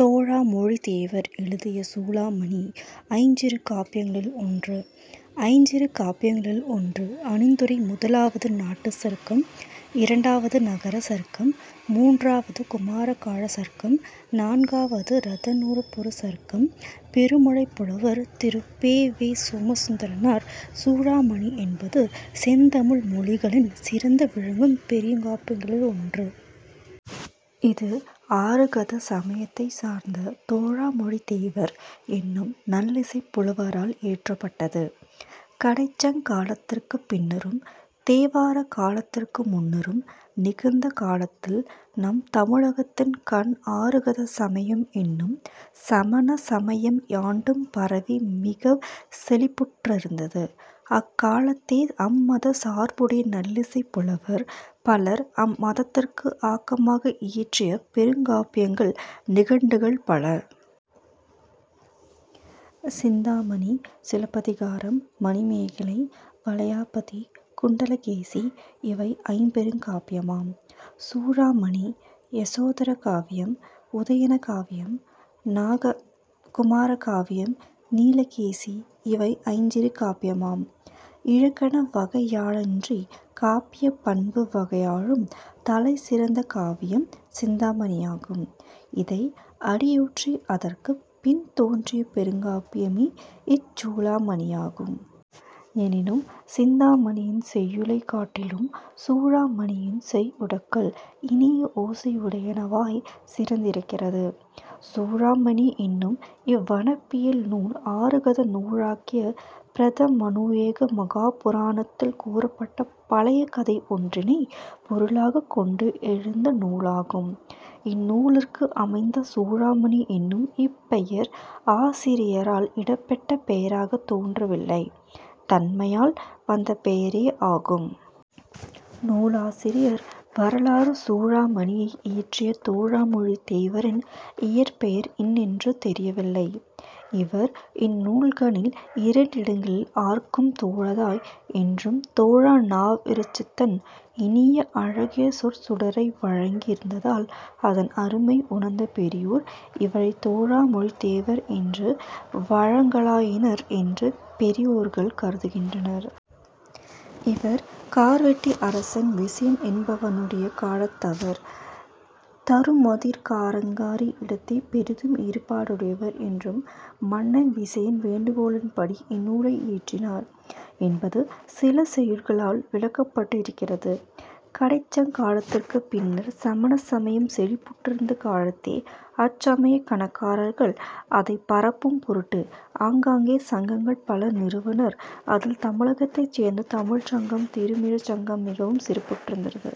தோலாமொழித் தேவர் எழுதிய சூளாமணி ஐஞ்சிறுகாப்பியங்களுள் ஒன்று ஐஞ்சிறுகாப்பியங்களுள் ஒன்று அணிந்துரை முதலாவது நாட்டுச் சருக்கம் இரண்டாவது நகரச் சருக்கம் மூன்றாவது குமாரகாலச் சருக்கம் நான்காவது இரதநூபுரச் சருக்கம் பெருமழைப் புலவர் திரு. பொ. வே. சோமசுந்தரனார் சூளாமணி என்பது செந்தமிழ் மொழியின்கண் சிறந்து விளங்கும் பெருங்காப்பியங்களுள் ஒன்று. இது ஆருகத சமயத்தைச் சார்ந்த தோலாமொழித்தேவர் என்னும் நல்லிசைப் புலவரால் இயற்றப்பட்டது. கடைச்சங்க காலத்திற்குப் பின்னரும் தேவாரக் காலத்திற்கு முன்னரும் நிகழ்ந்த காலத்தில் நம் தமிழகத்தின் கண் ஆருகத சமயம் என்னும் சமண சமயம் யாண்டும் பரவி மிகவும் செழிப்புற்றிருந்தது. அக்காலத்தே அம்மதச் சார்புடைய நல்லிசைப் புலவர் பலர் அம் மதத்திற்கு ஆக்கமாக இயற்றிய பெருங்காப்பியங்கள் நிகண்டுகள் பல. சிந்தாமணி சிலப்பதிகாரம், மணிமேகலை, வளையாபதி, குண்டலகேசி இவை ஐம்பெருங்காப்பியமாம். சூளாமணி, யசோதர காவியம் உதயண காவியம் நாககுமார காவியம் நீலகேசி இவை ஐஞ்சிறுகாப்பியமாம். இலக்கண வகையாலன்றிக் காப்பியப் பண்பு வகையாலும் தலை சிறந்த காவியம் சிந்தாமணியாகும். இதை அடியொற்றி அதற்குப் பின் தோன்றிய பெருங்காப்பியமே இச் சூளாமணியாகும். எனினும் சிந்தாமணியின் செய்யுளைக் காட்டிலும் சூளாமணியின் செய்யுட்கள் இனிய ஓசையுடையனவாய்ச் சிறந்திருக்கிறது. சூளாமணி என்னும் இவ் வனப்பியல் நூல் ஆருகத நூலாகிய பிரதமாநுயோக மகாபுராணத்தில் கூறப்பட்ட பழைய கதை ஒன்றினை பொருளாகக் கொண்டு எழுந்த நூலாகும். இந்நூலிற்கு அமைந்த சூளாமணி என்னும் இப் பெயர் ஆசிரியரால் இடப்பட்ட பெயராகத் தோன்றவில்லை, தன்மையால் வந்த பெயரே ஆகும். நூலாசிரியர் வரலாறு சூளாமணியை இயற்றிய தோலாமொழித் தேவரின் இயற்பெயர் இன்னதென்று தெரியவில்லை. இவர் இந்நூலின்கண் இரண்டிடங்களில் ஆர்க்கும் தோலாதாய் என்றும் தோலாநாவிற் சச்சுதன் இனிய அழகிய சொற்றொடரை வழங்கி யிருத்தலால் அதன் அருமை உணர்ந்த பெரியோர் இவரைத் தோலாமொழித் தேவர் என்று வழங்கலாயினர் என பெரியோர்கள் கருதுகின்றனர். இவர் கார்வெட்டியரசன் விசயன் என்பவனுடைய காலத்தவர், தருமதீர்த்தங்கரரிடத்தே பெரிதும் ஈடுபாடுடையவர் என்றும் மன்னன் விசயன் வேண்டுகோளின்படி இந்நூலை இயற்றினார் என்பதும் சில செய்யுட்களால் விளக்கப்பட்டு இருக்கிறது. கடைச் சங்க காலத்திற்குப் பின்னர்ச் சமண சமயம் செழிப்புற்றிருந்த காலத்தே அச் சமயக் கணக்கர்கள் அதை பரப்பும் பொருட்டு அங்கங்கே சங்கங்கள் பல நிறுவினர் அதில் தமிழகத்தைச் சேர்ந்த தமிழ்ச்சங்கம் திரமிள சங்கம் மிகவும் சிறப்புற்றிருந்தது.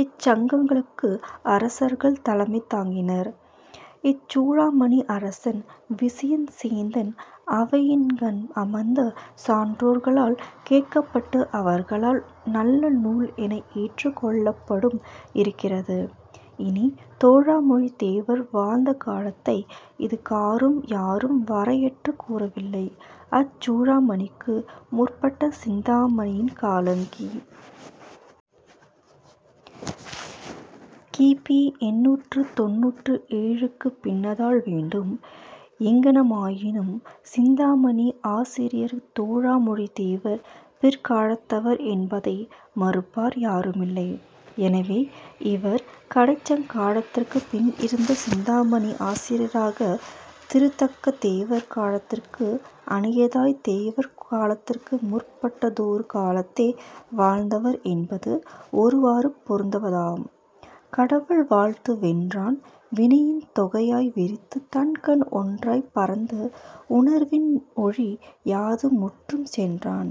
இச் சங்கங்களுக்கு அரசர்கள் தலைமை தாங்கினர். இச் சூளாமணி அரசன் விசயன் சேந்தன் அவையின்கண் அமைந்த சான்றோர்களால் கேட்கப்பட்டு அவர்களால் நல்லநூல் என ஏற்றுக் கொள்ளப்பட்டும் இருக்கிறது. இனி தோலாமொழித்தேவர் வாழ்ந்த காலத்தை இதுகாறும் யாரும் வரையறுத்துக் கூறவில்லை. அச் சூளாமணிக்கு முற்பட்ட சிந்தாமணியின் காலம் கி. பி. எண்ணூற்றுத் தொண்ணூற்று ஏழுக்குப் பின்னாதல் வேண்டும். எங்ஙனமாயினும் சிந்தாமணி ஆசிரியருக்குத் தோலாமொழித் தேவர் பிற்காலத்தவர் என்பதை மறுப்பார் யாருமில்லை. எனவே இவர் கடைச்சங்ககால்த்திற்குப் பின்னிருந்த சிந்தாமணி ஆசிரியராகிய திருத்தக்கதேவர் காலத்திற்கு அணித்தாய்த் தேவாரக் காலத்திற்கு முற்பட்டதொரு காலத்தே வாழ்ந்தவர் என்பது ஒருவாறு பொருந்துவதாம். கடவுள் வாழ்த்து வென்றான் வினையின் தொகையாய விரிந்து தன்கண் ஒன்றாய்ப் பரந்த உணர்வின்னொழி யாது முற்றும் சென்றான்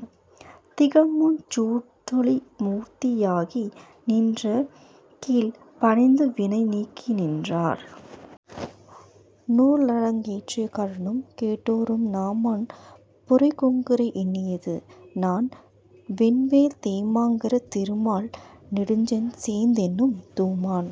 திகழுஞ் சுடர்சூழொளி மூர்த்தி யாகி நின்றா னடிக்கீழ் பணிந்தார் வினை நீங்கி நின்றார். நூலரங்கேற்றிய களனும் கேட்டோரும் நாமாண் புரைக்குங் குறையென்னிது நாம வென்வேல் தேமா ணலங்கற் றிருமால்நெடுஞ் சேந்த னென்னும் தூமாண்